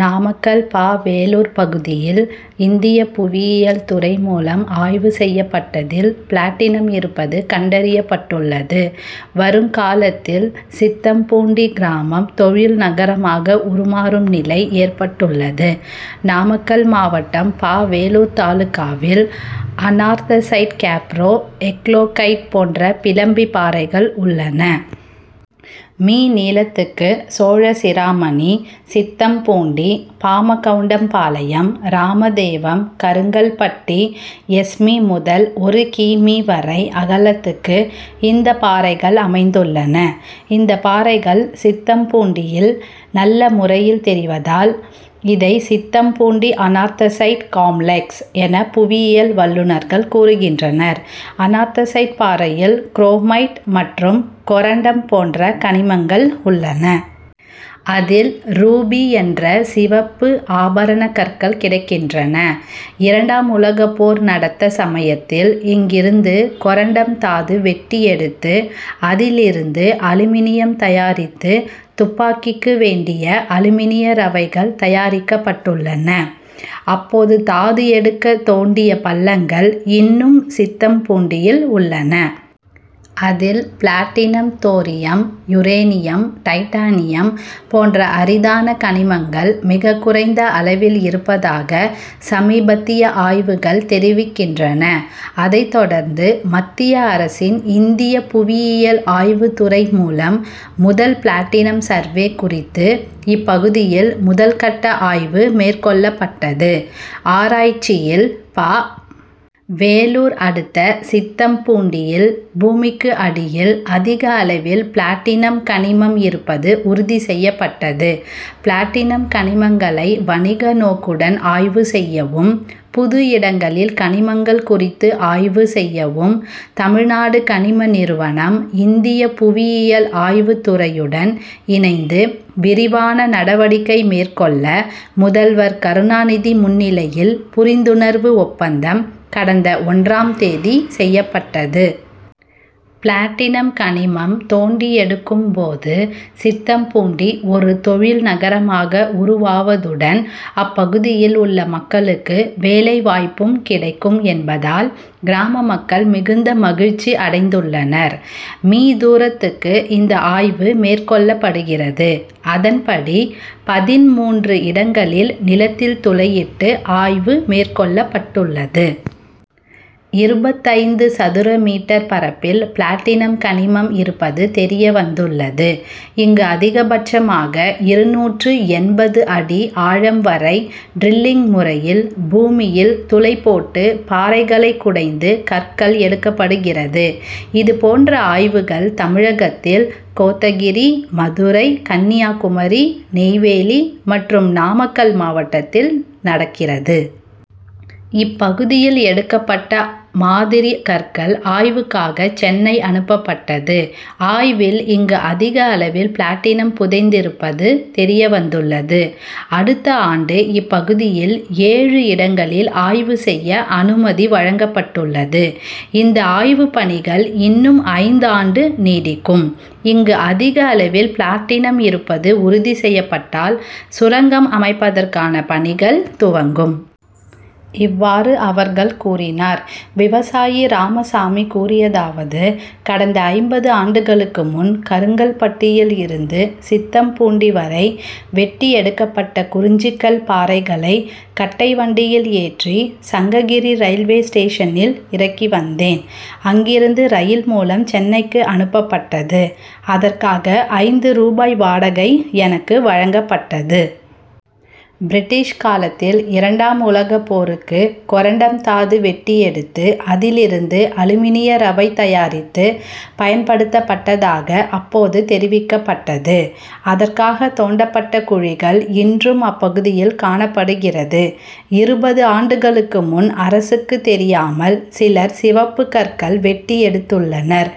நாமக்கல் ப. வேலூர் பகுதியில், இந்திய புவியியல் துறை மூலம் ஆய்வு செய்யப்பட்டதில், பிளாட்டினம் இருப்பது கண்டறியப்பட்டுள்ளது. வருங்காலத்தில் சித்தம்பூண்டி கிராமம் தொழில் நகரமாக உருமாறும் நிலை ஏற்பட்டுள்ளது. நாமக்கல் மாவட்டம் ப. வேலூர் தாலுகாவில் அனார்த்தசைட் கேப்ரோ, எக்லோகைட் போன்ற பிளம்பி பாறைகள் உள்ளன. மீ., நீளத்துக்கு, சோழசிராமணி, சித்தம்பூண்டி, பாமகவுண்டம்பாளையம், ராமதேவம், கருங்கல்பட்டி, எஸ். மீ., முதல் ஒரு கி. மீ., வரை அகலத்துக்கு இந்த பாறைகள் அமைந்துள்ளன. இந்த பாறைகள் சித்தம்பூண்டியில் நல்லமுறையில் தெரிவதால், இதை சித்தம்பூண்டி அனார்த்தசைட் காம்ளெக்ஸ் என புவியியல் வல்லுனர்கள் கூறுகின்றனர். அனார்த்தசைட் பாறையில் குரோமைட் மற்றும் கொரண்டம் போன்ற கனிமங்கள் உள்ளன. அதில், ரூபி என்ற சிவப்பு ஆபரண கற்கள் கிடைக்கின்றன. இரண்டாம் உலகப்போர் நடத்த சமயத்தில் இங்கிருந்து கொரண்டம் தாது வெட்டி எடுத்து, அதில் இருந்து அலுமினியம் தயாரித்து, துப்பாக்கிக்கு வேண்டிய அலுமினிய ரவைகள் தயாரிக்கப்பட்டுள்ளன. அப்போது தாது எடுக்க தோண்டிய பள்ளங்கள் இன்னும் சித்தம்பூண்டியில் உள்ளன. அதில், பிளாட்டினம் தோரியம், யுரேனியம், டைட்டானியம் போன்ற அரிதான கனிமங்கள் மிகக்குறைந்த அளவில் இருப்பதாக சமீபத்திய ஆய்வுகள் தெரிவிக்கின்றன. அதை தொடர்ந்து மத்திய அரசின் இந்திய புவியியல் ஆய்வு துறை மூலம், முதல், பிளாட்டினம் சர்வே குறித்து இப்பகுதியில் முதல்கட்ட ஆய்வு மேற்கொள்ளப்பட்டது. ஆராய்ச்சியில், ப. வேலூர் அடுத்த சித்தம்பூண்டியில் பூமிக்கு அடியில் அதிக அளவில் பிளாட்டினம் கனிமம் இருப்பது உறுதி செய்யப்பட்டது. பிளாட்டினம் கனிமங்களை வணிக நோக்குடன் ஆய்வு செய்யவும், புது இடங்களில் கனிமங்கள் குறித்து ஆய்வு செய்யவும் தமிழ்நாடு கனிம நிறுவனம், இந்திய புவியியல் ஆய்வுத்துறையுடன் இணைந்து விரிவான நடவடிக்கை மேற்கொள்ள முதல்வர் கருணாநிதி முன்னிலையில் புரிந்துணர்வு ஒப்பந்தம் கடந்த ஒன்றாம் தேதி செய்யப்பட்டது. பிளாட்டினம் கனிமம் தோண்டி எடுக்கும் போது சித்தம்பூண்டி ஒரு தொழில் நகரமாக உருவாவதுடன், அப்பகுதியில் உள்ள மக்களுக்கு வேலைவாய்ப்பும் கிடைக்கும் என்பதால், கிராம மக்கள் மிகுந்த மகிழ்ச்சி அடைந்துள்ளனர். மீ., தூரத்துக்கு இந்த ஆய்வு மேற்கொள்ளப்படுகிறது. அதன்படி, பதின்மூன்று இடங்களில் நிலத்தில் துளையிட்டு ஆய்வு மேற்கொள்ளப்பட்டுள்ளது. இருபத்தைந்து சதுர மீட்டர் பரப்பில் பிளாட்டினம் கனிமம் இருப்பது தெரியவந்துள்ளது. இங்கு அதிகபட்சமாக இருநூற்று எண்பது அடி ஆழம் வரை டிரில்லிங் முறையில் பூமியில் துளை போட்டு பாறைகளை குடைந்து கற்கள் எடுக்கப்படுகிறது. இது போன்ற ஆய்வுகள் தமிழகத்தில் கோத்தகிரி, மதுரை, கன்னியாகுமரி, நெய்வேலி மற்றும் நாமக்கல் மாவட்டத்தில் நடக்கிறது. இப்பகுதியில் எடுக்கப்பட்ட மாதிரி கற்கள் ஆய்வுக்காக சென்னை அனுப்பப்பட்டது. ஆய்வில் இங்கு அதிக அளவில் பிளாட்டினம் புதைந்திருப்பது தெரியவந்துள்ளது. அடுத்த ஆண்டு இப்பகுதியில் ஏழு இடங்களில் ஆய்வு செய்ய அனுமதி வழங்கப்பட்டுள்ளது. இந்த ஆய்வு பணிகள் இன்னும் ஐந்து ஆண்டு நீடிக்கும். இங்கு அதிக அளவில் பிளாட்டினம் இருப்பது உறுதி செய்யப்பட்டால், சுரங்கம் அமைப்பதற்கான பணிகள் துவங்கும். இவ்வாறு அவர்கள் கூறினார். விவசாயி ராமசாமி கூறியதாவது கடந்த ஐம்பது ஆண்டுகளுக்கு முன் கருங்கல்பட்டியில் இருந்து சித்தம்பூண்டி வரை வெட்டி எடுக்கப்பட்ட குறிஞ்சிக்கல் பாறைகளை கட்டை வண்டியில் ஏற்றி, சங்ககிரி ரயில்வே ஸ்டேஷனில் இறக்கி வந்தேன். அங்கிருந்து ரயில் மூலம் சென்னைக்கு அனுப்பப்பட்டது. அதற்காக ஐந்து ரூபாய் வாடகை எனக்கு வழங்கப்பட்டது. பிரிட்டீஷ் காலத்தில் இரண்டாம் உலகப்போருக்கு கொரண்டம் தாது வெட்டி எடுத்து, அதில் இருந்து அலுமினிய ரவை தயாரித்து, பயன்படுத்தப்பட்டதாக அப்போது தெரிவிக்கப்பட்டது. அதற்காக தோண்டப்பட்ட குழிகள் இன்றும் அப்பகுதியில் காணப்படுகிறது. இருபது ஆண்டுகளுக்கு முன் அரசுக்கு தெரியாமல் சிலர் சிவப்பு கற்கள் வெட்டி எடுத்துள்ளனர்.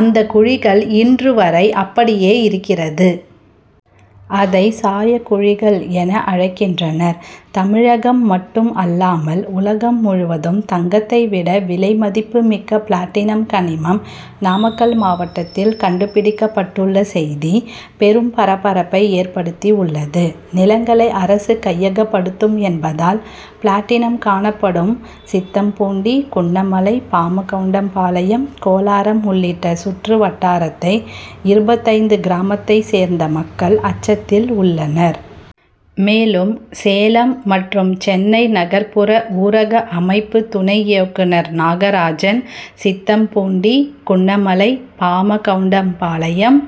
அந்த குழிகள் இன்றுவரை அப்படியே இருக்கிறது. அதை சாயக்குழிகள் என அழைக்கின்றனர். தமிழகம் மட்டும் அல்லாமல் உலகம் முழுவதும் தங்கத்தை விட விலை மதிப்பு மிக்க பிளாட்டினம் கனிமம் நாமக்கல் மாவட்டத்தில் கண்டுபிடிக்கப்பட்டுள்ள செய்தி பெரும் பரபரப்பை ஏற்படுத்தி உள்ளது. நிலங்களை அரசு கையகப்படுத்தும் என்பதால், பிளாட்டினம் காணப்படும் சித்தம்பூண்டி, குன்னமலை, பாமகவுண்டம்பாளையம், கோலாரம் உள்ளிட்ட சுற்று வட்டாரத்தை இருபத்தைந்து கிராமத்தை சேர்ந்த மக்கள் அச்சத்தில் உள்ளனர். மேலும், சேலம் மற்றும் சென்னை நகர்புற ஊரக அமைப்பு துணை இயக்குனர் நாகராஜன், சித்தம்பூண்டி, குன்னமலை, பாமா கவுண்டம்பாளையம்,